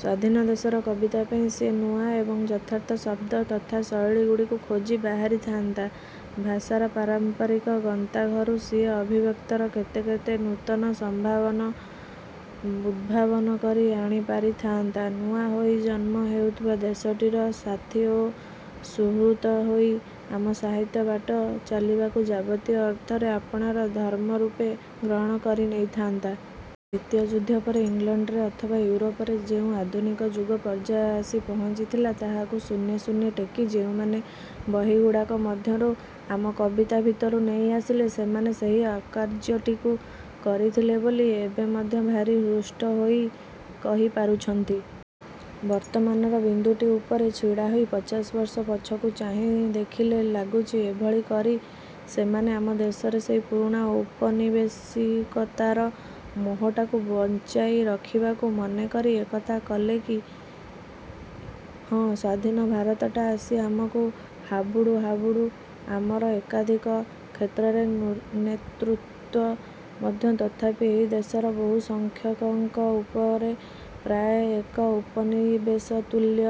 ସ୍ଵାଧୀନ ଦେଶର କବିତା ପାଇଁ ସିଏ ନୂଆ ଏବଂ ଯଥାର୍ଥ ଶବ୍ଦ ତଥା ଶୈଳୀଗୁଡ଼ିକୁ ଖୋଜି ବାହାରିଥାନ୍ତା। ଭାଷାର ପାରମ୍ପରିକ ଗନ୍ତାଘରୁ ସିଏ ଅଭିବ୍ୟକ୍ତିର କେତେ କେତେ ନୂତନ ସମ୍ଭାବନା ଉଦ୍ଭାବନ କରି ଆଣି ପାରିଥାନ୍ତା। ନୂଆ ହୋଇ ଜନ୍ମ ହେଉଥିବା ଦେଶଟିର ସାଥୀ ଓ ସୁହୃତ ହୋଇ ଆମ ସାହିତ୍ୟ ବାଟ ଚାଲିବାକୁ ଯାବତୀୟ ଅର୍ଥରେ ଆପଣାର ଧର୍ମରୂପେ ଗ୍ରହଣ କରି ନେଇଥାନ୍ତା। ଦ୍ଵିତୀୟ ଯୁଦ୍ଧ ପରେ ଇଂଲଣ୍ଡରେ ଅଥବା ଇଉରୋପରେ ଯେଉଁ ଆଧୁନିକ ଯୁଗପର୍ଯ୍ୟାୟ ଆସି ପହଞ୍ଚିଥିଲା ତାହାକୁ ଶୂନ୍ୟେ ଶୂନ୍ୟେ ଟେକି ଯେଉଁମାନେ ବହିଗୁଡ଼ାକ ମଧ୍ୟରୁ ଆମ କବିତା ଭିତରକୁ ନେଇ ଆସିଲେ, ସେମାନେ ସେହି ଅକାର୍ଯ୍ୟଟିକୁ କରିଥିଲେ ବୋଲି ଏବେ ମଧ୍ୟ ଭାରି ହୃଷ୍ଟ ହୋଇ କହି ପାରୁଛନ୍ତି। ବର୍ତ୍ତମାନର ବିନ୍ଦୁଟି ଉପରେ ଛିଡ଼ାହୋଇ ପଚାଶବର୍ଷ ପଛକୁ ଚାହିଁ ଦେଖିଲେ ଲାଗୁଛି ଏଭଳି କରି ସେମାନେ ଆମ ଦେଶରେ ସେହି ପୁରୁଣା ଔପନିବେଶିକତାର ମୋହଟାକୁ ବଞ୍ଚାଇ ରଖିବାକୁ ମନ କରି ଏକଥା କଲେ କି? ହଁ ସ୍ୱାଧୀନ ଭାରତଟା ଆସି ଆମକୁ ହାବୁଡୁ ହାବୁଡୁ ଆମର ଏକାଧିକ କ୍ଷେତ୍ରରେ ନେତୃତ୍ଵ ମଧ୍ୟ ତଥାପି ଏହି ଦେଶର ବହୁସଂଖ୍ୟକଙ୍କ ଉପରେ ପ୍ରାୟ ଏକ ଉପନିବେଶତୁଲ୍ୟ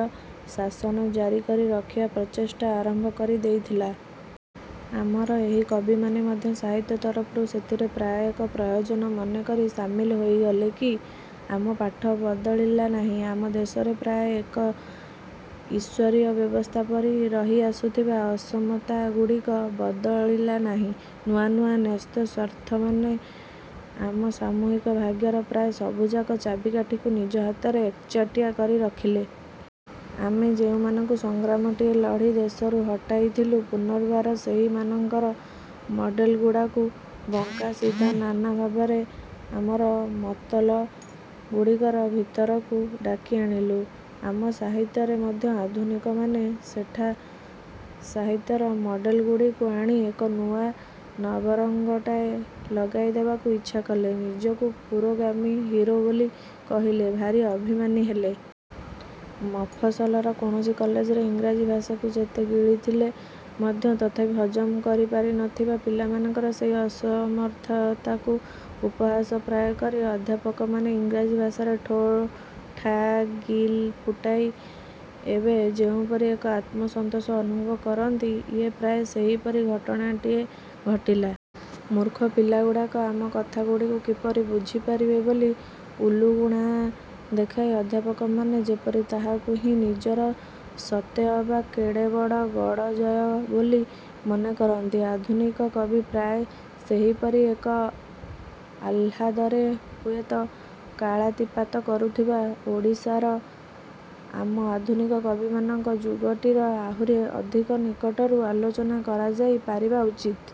ଶାସନ ଜାରି କରି ରଖିବା ପ୍ରଚେଷ୍ଟା ଆରମ୍ଭ କରି ଦେଇଥିଲା। ଆମର ଏହି କବିମାନେ ମଧ୍ୟ ସାହିତ୍ୟ ତରଫରୁ ସେଥିରେ ପ୍ରାୟ ଏକ ପ୍ରୟୋଜନ ମନେକରି ସାମିଲ ହୋଇଗଲେ କି? ଆମ ପାଠ ବଦଳିଲା ନାହିଁ। ଆମ ଦେଶରେ ପ୍ରାୟ ଏକ ଈଶ୍ୱରୀୟ ବ୍ୟବସ୍ଥା ପରି ରହି ଆସୁଥିବା ଅସମତାଗୁଡ଼ିକ ବଦଳିଲା ନାହିଁ, ନୂଆ ନୂଆ ନ୍ୟସ୍ତସ୍ୱାର୍ଥମାନେ ଆମ ସାମୂହିକ ଭାଗ୍ୟର ପ୍ରାୟ ସବୁଯାକ ଚାବିକାଠିକୁ ନିଜ ହାତରେ ଏକଚାଟିଆ କରି ରଖିଲେ। ଆମେ ଯେଉଁମାନଙ୍କୁ ସଂଗ୍ରାମଟିଏ ଲଢ଼ି ଦେଶରୁ ହଟାଇଥିଲୁ, ପୁନର୍ବାର ସେହିମାନଙ୍କର ମଡ଼େଲଗୁଡ଼ାକୁ ବଙ୍କା ସିଧା ନାନାଭାବେ ଆମର ମତଲଗୁଡ଼ିକର ଭିତରକୁ ଡାକି ଆଣିଲୁ। ଆମ ସାହିତ୍ୟରେ ମଧ୍ୟ ଆଧୁନିକମାନେ ସେଠା ସାହିତ୍ୟର ମଡ଼େଲଗୁଡ଼ିକୁ ଆଣି ଏକ ନୂଆ ନବରଙ୍ଗଟାଏ ଲଗାଇ ଦେବାକୁ ଇଚ୍ଛା କଲେ। ନିଜକୁ ପୁରୋଗାମୀ ହିରୋ ବୋଲି କହିଲେ, ଭାରି ଅଭିମାନୀ ହେଲେ। ମଫସଲର କୌଣସି କଲେଜରେ ଇଂରାଜୀ ଭାଷାକୁ ଯେତେ ଗିଳିଥିଲେ ମଧ୍ୟ ତଥାପି ହଜମ କରିପାରି ନଥିବା ପିଲାମାନଙ୍କର ସେହି ଅସମର୍ଥତାକୁ ଉପହାସପ୍ରାୟ କରି ଅଧ୍ୟାପକମାନେ ଇଂରାଜୀ ଭାଷାର ଠୋ ଠା ଗିଲ ଫୁଟାଇ ଏବେ ଯେଉଁପରି ଏକ ଆତ୍ମସନ୍ତୋଷ ଅନୁଭବ କରନ୍ତି, ଇଏ ପ୍ରାୟ ସେହିପରି ଘଟଣାଟିଏ ଘଟିଲା। ମୂର୍ଖ ପିଲାଗୁଡ଼ାକ ଆମ କଥାଗୁଡ଼ିକୁ କିପରି ବୁଝିପାରିବେ ବୋଲି ଉଲୁଗୁଣା ଦେଖାଇ ଅଧ୍ୟାପକମାନେ ଯେପରି ତାହାକୁ ହିଁ ନିଜର ସତେଅବା କେଡ଼େବଡ଼ ଗଡ଼ଜୟ ବୋଲି ମନେ କରନ୍ତି, ଆଧୁନିକ କବି ପ୍ରାୟ ସେହିପରି ଏକ ଆହ୍ଲାଦରେ ହୁଏତ କାଳାତିପାତ କରୁଥିବ। ଓଡ଼ିଶାର ଆମ ଆଧୁନିକ କବିମାନଙ୍କର ଯୁଗଟିର ଆହୁରି ଅଧିକ ନିକଟରୁ ଆଲୋଚନା କରାଯାଇ ପାରିବା ଉଚିତ।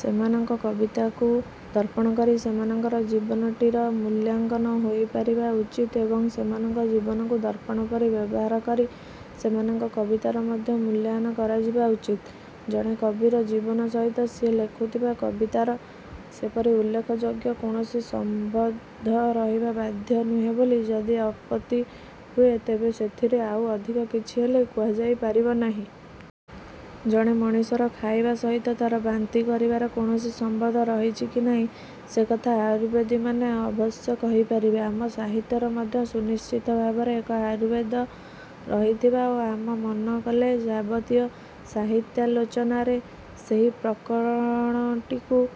ସେମାନଙ୍କ କବିତାକୁ ଦର୍ପଣ କରି ସେମାନଙ୍କର ଜୀବନଟିର ମୂଲ୍ୟାଙ୍କନ ହୋଇପାରିବା ଉଚିତ୍ ଏବଂ ସେମାନଙ୍କ ଜୀବନକୁ ଦର୍ପଣ ପରି ବ୍ୟବହାର କରି ସେମାନଙ୍କ କବିତାର ମଧ୍ୟ ମୂଲ୍ୟାୟନ କରାଯିବା ଉଚିତ୍। ଜଣେ କବିର ଜୀବନ ସହିତ ସିଏ ଲେଖୁଥିବା କବିତାର ସେପରି ଉଲ୍ଲେଖଯୋଗ୍ୟ କୌଣସି ସମ୍ବନ୍ଧ ରହିବା ବାଧ୍ୟ ନୁହେଁ ବୋଲି ଯଦି ଆପତ୍ତି ହୁଏ, ତେବେ ସେଥିରେ ଆଉ ଅଧିକ କିଛି ହେଲେ କୁହାଯାଇ ପାରିବ ନାହିଁ। ଜଣେ ମଣିଷର ଖାଇବା ସହିତ ତାର ବାନ୍ତି କରିବାର କୌଣସି ସମ୍ବନ୍ଧ ରହିଛି କି ନାହିଁ, ସେକଥା ଆୟୁର୍ବେଦୀମାନେ ଅବଶ୍ୟ କହିପାରିବେ। ଆମ ସାହିତ୍ୟର ମଧ୍ୟ ସୁନିଶ୍ଚିତ ଭାବରେ ଏକ ଆୟୁର୍ବେଦ ରହିଥିବ ଓ ଆମେ ମନ କଲେ ଯାବତୀୟ ସାହିତ୍ୟାଲୋଚନାରେ ସେହି ପ୍ରକରଣଟିକୁ